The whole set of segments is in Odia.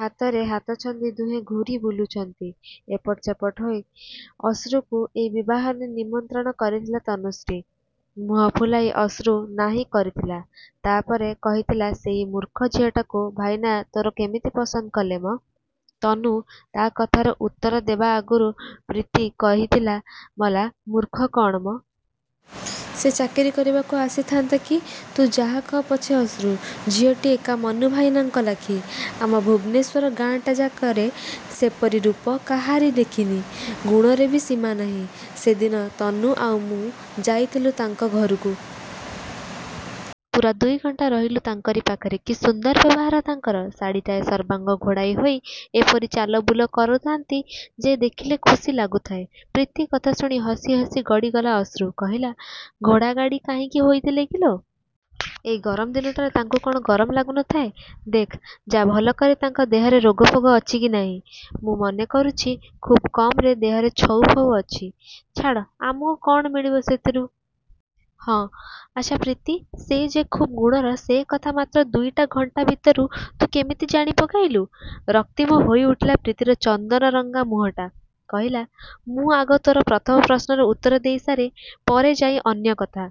ହାତରେ ହାତ ଛନ୍ଦି ଦୁହେଁ ଘୂରି ବୁଲୁଛନ୍ତି ଏପଟ ସେପଟ ହୋଇ। ଅଶ୍ରୁକୁ ଏଇ ବିବାହରେ ନିମନ୍ତ୍ରଣ କରିଥିଲା ତନୁଶ୍ରୀ। ମୁହଁ ଫୁଲାଇ ଅଶ୍ରୁ ନାହିଁ କରିଥିଲା। ତା' ପରେ କହିଥିଲା ସେଇ ମୂର୍ଖ ଝିଅଟାକୁ ଭାଇନା ତୋର କେମିତି ପସନ୍ଦ କଲେ ମ? ତନୁ ତା' କଥାର ଉତ୍ତର ଦେବା ଆଗରୁ ପ୍ରୀତି କହିଥିଲା ମଲା, ମୂର୍ଖ କ'ଣ ମ? ସେ ଚାକିରି କରିବାକୁ ଆସିଥାନ୍ତା କି? ତୁ ଯାହା କହ ପଛେ ଅଶ୍ରୁ, ଝିଅଟି ଏକା ମନୁ ଭାଇନାଙ୍କ ଲାଖି। ଆମ ଭୁବନେଶ୍ୱର ଗାଁଟା ଯାକରେ ସେପରି ରୂପ କାହାରି ଦେଖିନି। ଗୁଣର ବି ସୀମା ନାହିଁ। ସେଦିନ ତନୁ ଆଉ ମୁଁ ଯାଇଥିଲୁ ତାଙ୍କ ଘରକୁ। ପୂରା ଦୁଇ ଘଣ୍ଟା ରହିଲୁ ତାଙ୍କରି ପାଖରେ। କି ସୁନ୍ଦର ବ୍ୟବହାର ତାଙ୍କର। ଶାଢ଼ିଟାଏ ସର୍ବାଙ୍ଗ ଘୋଡ଼ାଇ ହୋଇ ଏପରି ଚାଲବୁଲ କରୁଥାନ୍ତି ଯେ ଦେଖିଲେ ଖୁସି ଲାଗୁଥାଏ। ପ୍ରୀତି କଥା ଶୁଣି ହସି ହସି ଗଡ଼ି ଗଲା ଅଶ୍ରୁ। କହିଲା ଘୋଡ଼ାଗାଡ଼ି କାହିଁକି ହୋଇଥିଲେ କିଲୋ? ଏଇ ଗରମ ଦିନଟାରେ ତାକୁ କ'ଣ ଗରମ ଲାଗୁ ନଥାଏ। ଦେଖ୍ ଯା ଭଲ କରି ତାଙ୍କ ଦେହରେ ରୋଗ ଫୋଗ ଅଛି କି ନାହିଁ। ମୁଁ ମନେ କରୁଛି, ଖୁବ୍ କମରେ ଦେହରେ ଛଉ ଫଉ ଅଛି। ଛାଡ଼ ଆମକୁ କ'ଣ ମିଳିବ ସେଥିରୁ। ହଁ, ଆଚ୍ଛା ପ୍ରୀତି, ସେ ଯେ ଖୁବ୍ ଗୁଣର ସେକଥା ମାତ୍ର ଦୁଇଟା ଘଣ୍ଟା ଭିତରୁ ତୁ କେମିତି ଜାଣି ପକାଇଲୁ? ରକ୍ତିମ ହୋଇ ଉଠିଲା ପ୍ରୀତିର ଚନ୍ଦନରଙ୍ଗା ମୁହଁଟା। କହିଲା ମୁଁ ଆଗ ତୋର ପ୍ରଥମ ପ୍ରଶ୍ନର ଉତ୍ତର ଦେଇ ସାରେ, ପରେ ଯାଇ ଅନ୍ୟ କଥା।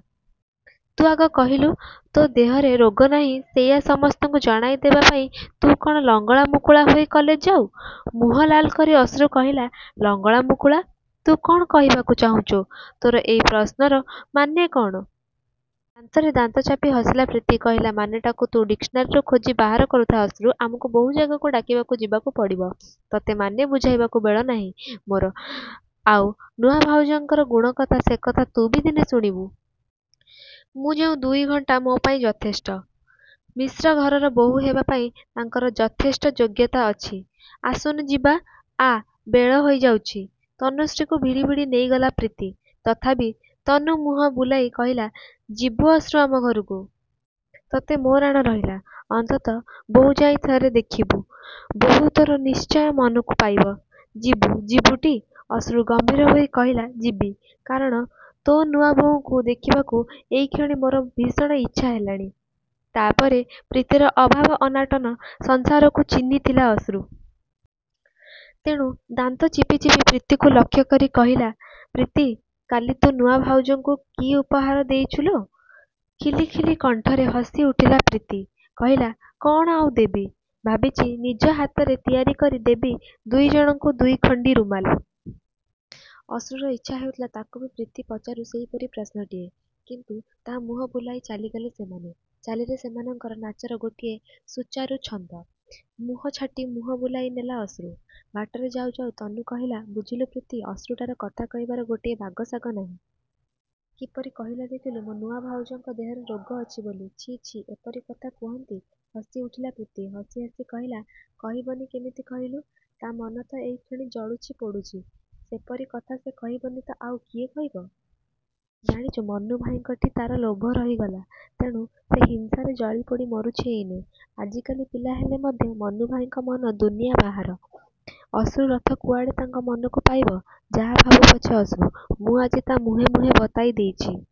ତୁ ଆଗ କହିଲୁ ତୋ ଦେହରେ ରୋଗ ନାହିଁ ସେଇଆ ସମସ୍ତଙ୍କୁ ଜଣାଇ ଦେବା ପାଇଁ ତୁ କ'ଣ ଲଙ୍ଗଳା ମୁକୁଳା ହୋଇ କଲେଜ ଯାଉ? ମୁହଁ ଲାଲ୍ କରି ଅଶ୍ରୁ କହିଲା ଲଙ୍ଗଳା ମୁକୁଳା! ତୁ କ'ଣ କହିବାକୁ ଚାହୁଁଛୁ? ତୋର ଏଇ ପ୍ରଶ୍ନର ମାନେ କ'ଣ? ଦାନ୍ତରେ ଦାନ୍ତ ଚାପି ହସିଲା ପ୍ରୀତି। କହିଲା ମାନେଟାକୁ ତୁ ଡିକ୍ସନାରୀ ଖୋଜି ବାହାର କରୁଥା ଅଶ୍ରୁ। ଆମକୁ ବହୁ ଜାଗାକୁ ଡାକିବାକୁ ଯିବାକୁ ପଡ଼ିବ। ତତେ ମାନେ ବୁଝାଇବାକୁ ବେଳ ନାହିଁ ମୋର। ଆଉ ନୂଆ ଭାଉଜଙ୍କର ଗୁଣ କଥା? ସେକଥା ତୁ ବି ଦିନେ ଶୁଣିବୁ। ମୁଁ ଯେଉଁ ଦୁଇ ଘଣ୍ଟା ମୋ ପାଇଁ ଯଥେଷ୍ଟ। ମିଶ୍ର ଘରର ବୋହୂ ହେବା ପାଇଁ ତାଙ୍କର ଯଥେଷ୍ଟ ଯୋଗ୍ୟତା ଅଛି। ଆସୁନୁ ଯିବା ଆ ବେଳ ହୋଇଯାଉଛି। ତନୁଶ୍ରୀକୁ ଭିଡ଼ି ଭିଡ଼ି ନେଇଗଲା ପ୍ରୀତି। ତଥାପି ତନୁ ମୁହଁ ବୁଲାଇ କହିଲା ଯିବୁ ଅଶ୍ରୁ ଆମ ଘରକୁ। ତତେ ମୋ ରାଣ ରହିଲା। ଅନ୍ତତଃ ବୋହୂ ଯାଇ ଥରେ ଦେଖିବୁ। ବୋହୂ ତୋର ନିଶ୍ଚୟ ମନକୁ ପାଇବ। ଯିବୁ, ଯିବୁଟି? ଅଶ୍ରୁ ଗମ୍ଭୀର ହୋଇ କହିଲା ଯିବି। କାରଣ ତୋ ନୂଆବୋଉଙ୍କୁ ଦେଖିବାକୁ ଏଇକ୍ଷଣି ମୋର ଭୀଷଣ ଇଚ୍ଛା ହେଲାଣି। ତା' ପରେ ପ୍ରୀତିର ଅଭାବ ଅନାଟନ ସଂସାରକୁ ଚିହ୍ନିଥିଲା ଅଶ୍ରୁ। ତେଣୁ ଦାନ୍ତ ଚିପି ଚିପି ପ୍ରୀତିକୁ ଲକ୍ଷ୍ୟ କରି କହିଲା ପ୍ରୀତି କାଲି ତୁ ନୂଆ ଭାଉଜଙ୍କୁ କି ଉପହାର ଦେଇଛୁ ଲୋ? ଖିଲି ଖିଲି କଣ୍ଠରେ ହସି ଉଠିଲା ପ୍ରୀତି। କହିଲା କ'ଣ ଆଉ ଦେବି। ଭାବିଛି ନିଜ ହାତରେ ତିଆରି କରି ଦେବି ଦୁଇଜଣଙ୍କୁ ଦୁଇଖଣ୍ଡି ରୁମାଲ୍। ଅଶ୍ରୁର ଇଚ୍ଛା ହେଉଥିଲା ତାକୁ ବି ପ୍ରୀତି ପଚାରୁ ସେଇପରି ପ୍ରଶ୍ନଟିଏ। କିନ୍ତୁ ନା, ମୁହଁ ବୁଲାଇ ଚାଲିଗଲେ ସେମାନେ। ଚାଲିରେ ସେମାନଙ୍କର ନାଚର ଗୋଟିଏ ସୁଚାରୁ ଛନ୍ଦ। ମୁହଁ ଛାଟି ମୁହଁ ବୁଲାଇ ନେଲା ଅଶ୍ରୁ। ବାଟରେ ଯାଉ ଯାଉ ତନୁ କହିଲା ବୁଝିଲୁ ପ୍ରୀତି, ଅଶ୍ରୁଟାର କଥା କହିବାର ଗୋଟେ ବାଗସାଗ ନାହିଁ। କିପରି କହିଲା ଦେଖିଲୁ, ମୋ ନୂଆ ଭାଉଜଙ୍କ ଦେହରେ ରୋଗ ଅଛି ବୋଲି। ଛି, ଛି ଏପରି କଥା କୁହନ୍ତି। ହସି ଉଠିଲା ପ୍ରୀତି। ହସି ହସି କହିଲା କହିବନି କେମିତି କହିଲୁ? ତା' ମନ ତ ଏଇକ୍ଷଣି ଜଳୁଛି ପୋଡ଼ୁଛି। ସେପରି କଥା ସେ କହିବନି ତ ଆଉ କିଏ କହିବ? ଜାଣିଛୁ, ମନୁ ଭାଇନାଙ୍କଠି ତା'ର ଲୋଭ ରହିଗଲା। ତେଣୁ ସେ ହିଂସାରେ ଜଳି ପୋଡ଼ି ମରୁଛି ଏଇନେ। ଆଜିକାଲିକା ପିଲା ହେଲେ ମଧ୍ୟ ମନୁ ଭାଇନାଙ୍କ ମନ ଦୁନିଆ ବାହାର। ଅଶ୍ରୁ ରଥ କୁଆଡ଼େ ତାଙ୍କ ମନକୁ ପାଇବ? ଯାହା ଭାବୁ ପଛେ ଅଶ୍ରୁ, ମୁଁ ଆଜି ତା' ମୁହେଁ ମୁହେଁ ବତାଇ ଦେଇଛି ।